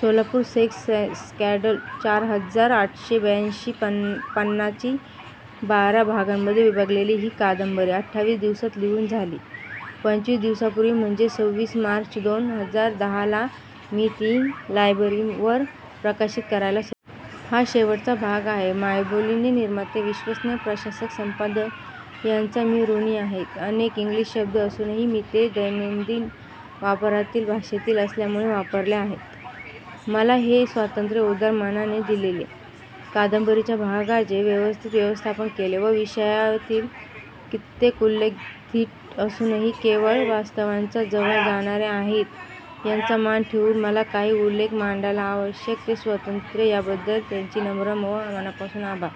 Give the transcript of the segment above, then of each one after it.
Solapur sex scandal चार हजार आटशे ब्यांशी पानांची बारा भागांमधे विभागलेली ही कादंबरी आठावीस दिवसात लिहून झाली. पंचवीस दिवसांपुर्वी, म्हणजे सवीस मार्च दोन हजार दहा ला मी ती मायबोलीवर प्रकाशित करायला सुरुवात केली. हा शेवटचा भाग आहे. मायबोलीचे निर्माते, विश्वस्त, प्रशासक, संपादक यांचा मी ऋणी आहे. अनेक इंग्लिश शब्द असूनही मी ते दैनंदिन वापरातील भाषेतील असल्यामुळे वापरले होते. मला हे स्वातंत्र्य उदार मनाने दिले, कादंबरीच्या भागांचे व्यवस्थित व्यवस्थापन केले व विषयातील कित्येक उल्लेख धीट असूनही केवळ वास्तवाच्या जवळ जाणारे आहेत याचा मान ठेवून मला काही उल्लेख मांडायला आवश्यक ते स्वातंत्र्य दिले याबद्दल त्यांचे नम्र व मनापासून आभार!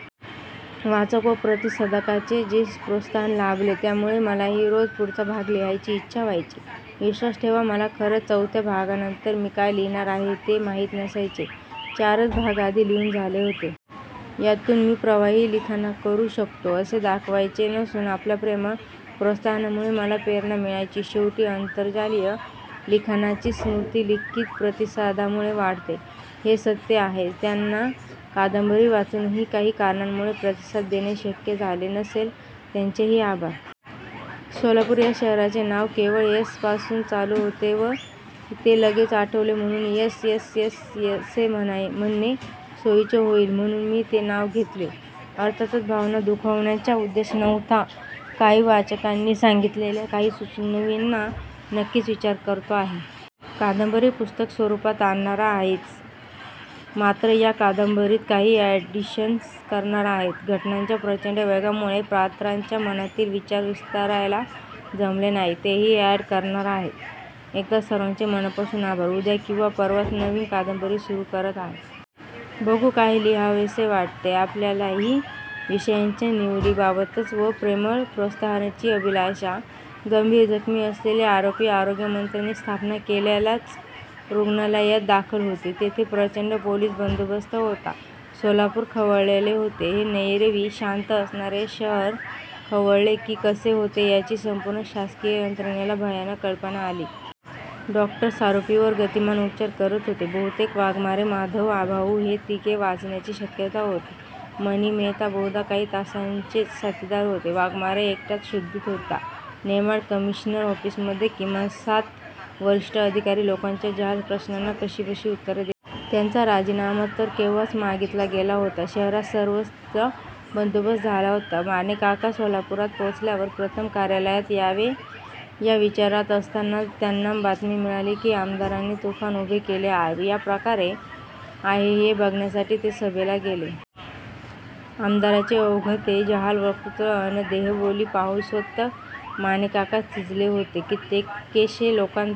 वाचक व प्रतिसादकांचे जे प्रोत्साहन लाभले त्यामुळे मलाही रोज पुढचा भाग लिहायची इच्छा व्हायची. विश्वास ठेवा, मला खरच चवथ्या भागानंतर मी काय लिहिणार आहे ते माहीत नसायचे. चारच भाग आधी लिहून झाले होते.. यातून मी प्रवाही लिखाण करू शकतो असे दाखवायचे नसून आपल्या प्रेमळ प्रोत्साहनामुळे मला प्रेरणा मिळायची. शेवटी आंतरजालीय लिखाणाची स्फुर्ती लिखित प्रतिसादांमुळे वाढते हे सत्य आहेच. ज्यांना कादंबरी वाचूनही काही कारणामुळे प्रतिसाद देणे शक्य झाले नसेल त्यांचेही आभार! सोलापूर या शहराचे नाव केवळ 'एस' पासून चालू होते व ते लगेच आठवले म्हणून 'एस्. एस्. एस' असे म्हणणे सोयीचे होईल म्हणून मी ते नाव घेतले. अर्थातच भावना दुखावण्याचा उद्देश नव्हता. काही वाचकांनी सांगीतलेल्या काही सुचवणींचा नक्कीच विचार करतो आहे. कादंबरी पुस्तक स्वरुपात आणणार आहेच. मात्र या कादंबरीत काही अॅडिशन्सही करणार आहे. घटनांच्या प्रचंड वेगामुळे पात्रांच्या मनातील विचार विस्तारायला जमले नाही. तेही अॅड करणार आहे. एकदा सर्वांचे मनापासून आभार! उद्या किंवा परवाच नवी कादंबरी सुरू करत आहे. बघू काय लिहावेसे वाटते. आपल्याही विषयाच्या निवडीबाबतची व प्रेमळ प्रोत्साहनाची अभिलाषा! गंभीर जखमी असलेले आरोपी आरोग्यमंत्र्यांनी स्थापन केलेल्याच रुग्णालयात दाखल होते. तेथे प्रचंड पोलिस बंदोबस्त होता. सोलापूर खवळलेले होते. हे एरवी शांत असणारे शहर खवळले की कसे होते याची संपूर्ण शासकीय यंत्रणेला भयानक कल्पना आलेली होती. डॊक्टर्स आरोपींवर गतिमान उपचार करत होते. बहुतेक वाघमारे, माधव, भाऊ हे तिघे वाचण्याची शक्यता होती. मणी, मेहता बहुधा काही तासांचेच साथीदार होते. वाघमारे एकटाच शुद्धीत होता. नेमाडे कमिशनर ऒफ़ीसमधे किमान सात वरिष्ठ अधिकारी लोकांच्या जहाल प्रश्नांना कशीबशी उत्तरे देत होते. त्यांचा राजीनामा तर केव्हाच मागीतला गेला होता. शहरात सर्वत्र बंदोबस्त झाला होता. मानेकाका सोलापुरात पोचल्यावर प्रथम कार्यालयात जावे या विचारात असतानाच त्यांना बातमी मिळाली की आमदारांनी तुफ़ान उभे केले आहे. काय प्रकार आहे हे बघण्यासाठी ते सभेला गेले. आमदारांचे ओघवते जहाल वक्तृत्व अन देहबोली पाहून स्वत: मानेकाकाच थिजले होते. कित्येकशे लोकांचा--